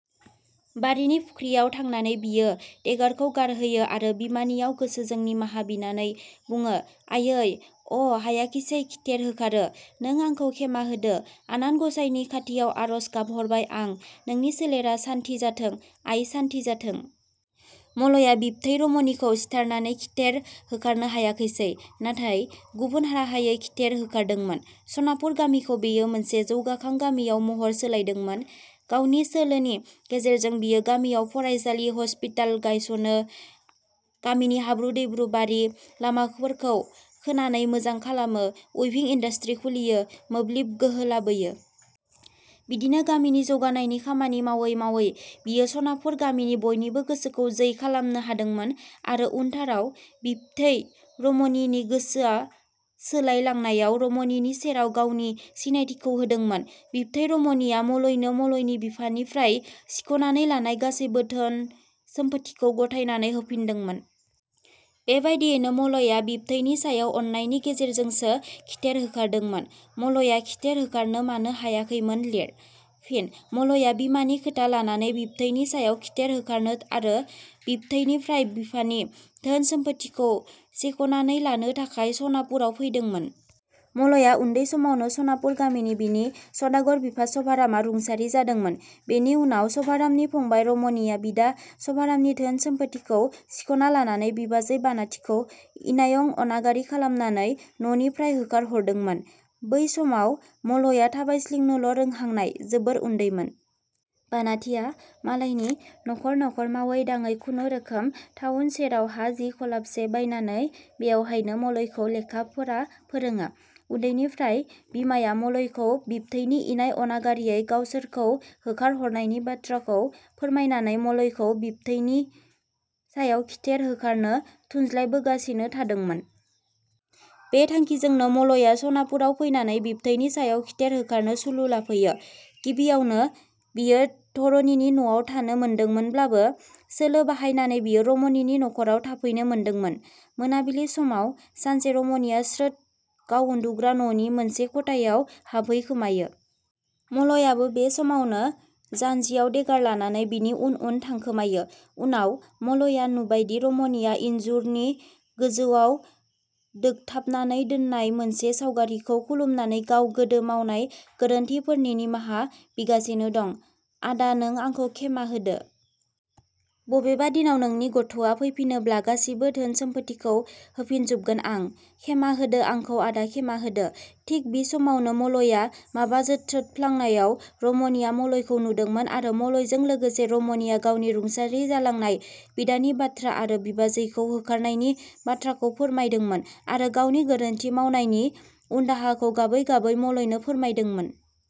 बारिनि फुख्रियाव थांनानै बियो देगारखौ गारहैयो आरो बिमानियाव गोसोजों निमाहा बिनानै बुङो "आइयै अ हायाखिसे खिथेर होखारो। नों आंखौ क्षेमा होदो। आनान गसाइनि खाथियाव आरज गाबहरबाय आं नोंनि सोलेरा सान्थि जाथों। आइ सान्थि जाथों। " मलया बिबथै रमनिखौ सिथारनानै खिथेर होखारनो हायाखैसै, नाथाय गुबुन राहायै खिथेर होखारदोंमोन। सनापुर गामिखौ बियो मोनसे जौगाखां गामियाव महर सोलायदोंमोन, गावनि सोलोनि गेजेरजों बियो गामियाव फरायसालि, हस्पिताल गायसनो, गामिनि हाब्रु दैब्रु बारि लामाफोरखौ खोनानै मोजां खालामो, उइभिं इन्दास्ट्रि खुलियो, मोब्लिब गोहो लाबोयो। बिदिनो गामिनि जौगानायनि खामानि मावै मावै बियो सनापुर गामिनि बयनिबो गोसोखौ जै खालामनो हादोंमोन आरो उनथाराव बिबथै रमनिनि गोसोआ सोलायलांनायाव रमनिनि सेराव गावनि सिनायथिखौ होदोंमोन। बिबथै रमनिया मलयनो मलयनि बिफानिफ्राय सिखनानै लानाय गासैबो धोन सम्फथिखौ गथायनानै होफिनदोंमोन। बेबादियैनो मलया बिबथैनि सायाव अननायनि गेजेरजोंसो खिथेर होखारदोंमोन। मलया खिथेर होखारनो मानो हायाखैमोन लिर। फिनः मलया बिमानि खोथा लानानै बिबथैनि सायाव खिथेर होखारनो आरो बिबथैनिफ्राय बिफानि धोन सम्फथिखौ सेखनानै लानो थाखाय सनापुराव फैदोंमोन। मलया उन्दै समावनो सनापुर गामिनि बिनि सदागर बिफा सभारामा रुंसारि जादोंमोन। बेनि उनाव सभारामनि फंबाइ रमनिया बिदा सभारामनि धोन सम्फथिखौ सिखना लानानै बिबाजै बानाथिखौ इनायं अनागारि खालामनानै न 'निफ्राय होखारहरदोंमोन। बै समाव मलया थाबायस्लिंनोल' रोहांनाय जोबोर उन्दैमोन। बानाथिया मालायनि नखर नखर मावै दाङै खुनु रोखोम थाउन सेराव हा जिखलाबसे बायनानै बेवहायनो मलयखौ लेखा फरा फोरोङो। उन्दैनिफ्रायनो बिमाया मलयखौ बिबथैनि इनाय अनागारियै गावसोरखौ होखारहरनायनि बाथ्राखौ फोरमायनानै मलयखौ बिबथैनि सायाव खिथेर होखारनो थुनज्लायबोगासिनो थादोंमोन। बे थांखिजोंनो मलया सनापुराव फैनानै बिबथैनि सायाव खिथेर होखारनो सुलु लाफैयो। गिबियावनो बियो धरनिनि न 'आव थानो मोनदोंमोनब्लाबो सोलो बाहायनानै बियो रमनिनि नखराव थाफैनो मोनदोंमोन। मोनाबिलि समाव सानसे रमनिया स्रोद गाव उन्दुग्रा न 'नि मोनसे खथायाव हाबहैखोमायो। मलयाबो बे समावनो जानजियाव देगार लानानै बिनि उन उन थांखोमायो। उनाव मलया नुबायदि रमनिया इन्जुरनि गोजौवाव दोगथाबनानै दोननाय मोनसे सावगारिखौ खुलुमनानै गाव गोदो मावनाय गोरोन्थिफोरनि निमाहा बिगासिनो दं, "आदा नों आंखौ क्षेमा होदो। बबेबा दिनाव नोंनि गथ'आ फैफिनोब्ला गासिबो धोन सम्फथिखौ होफिनजोबगोन आं। क्षेमा होदो आंखौ आदा क्षेमा होदो। " थिक बि समावनो मलया माबा जोथ्रोदफ्लांनायाव रमनिया मलयखौ नुदोंमोन आरो मलयजों लोगोसे रमनिया गावनि रुंसारि जालांनाय बिदानि बाथ्रा आरो बिबाजैखौ 'होखारहरनायनि बाथ्राखौ फोरमायदोंमोन आरो गावनि गोरोन्थि मावनायनि उनदाहाखौ गाबै गाबै मलयनो फोरमायदोंमोन।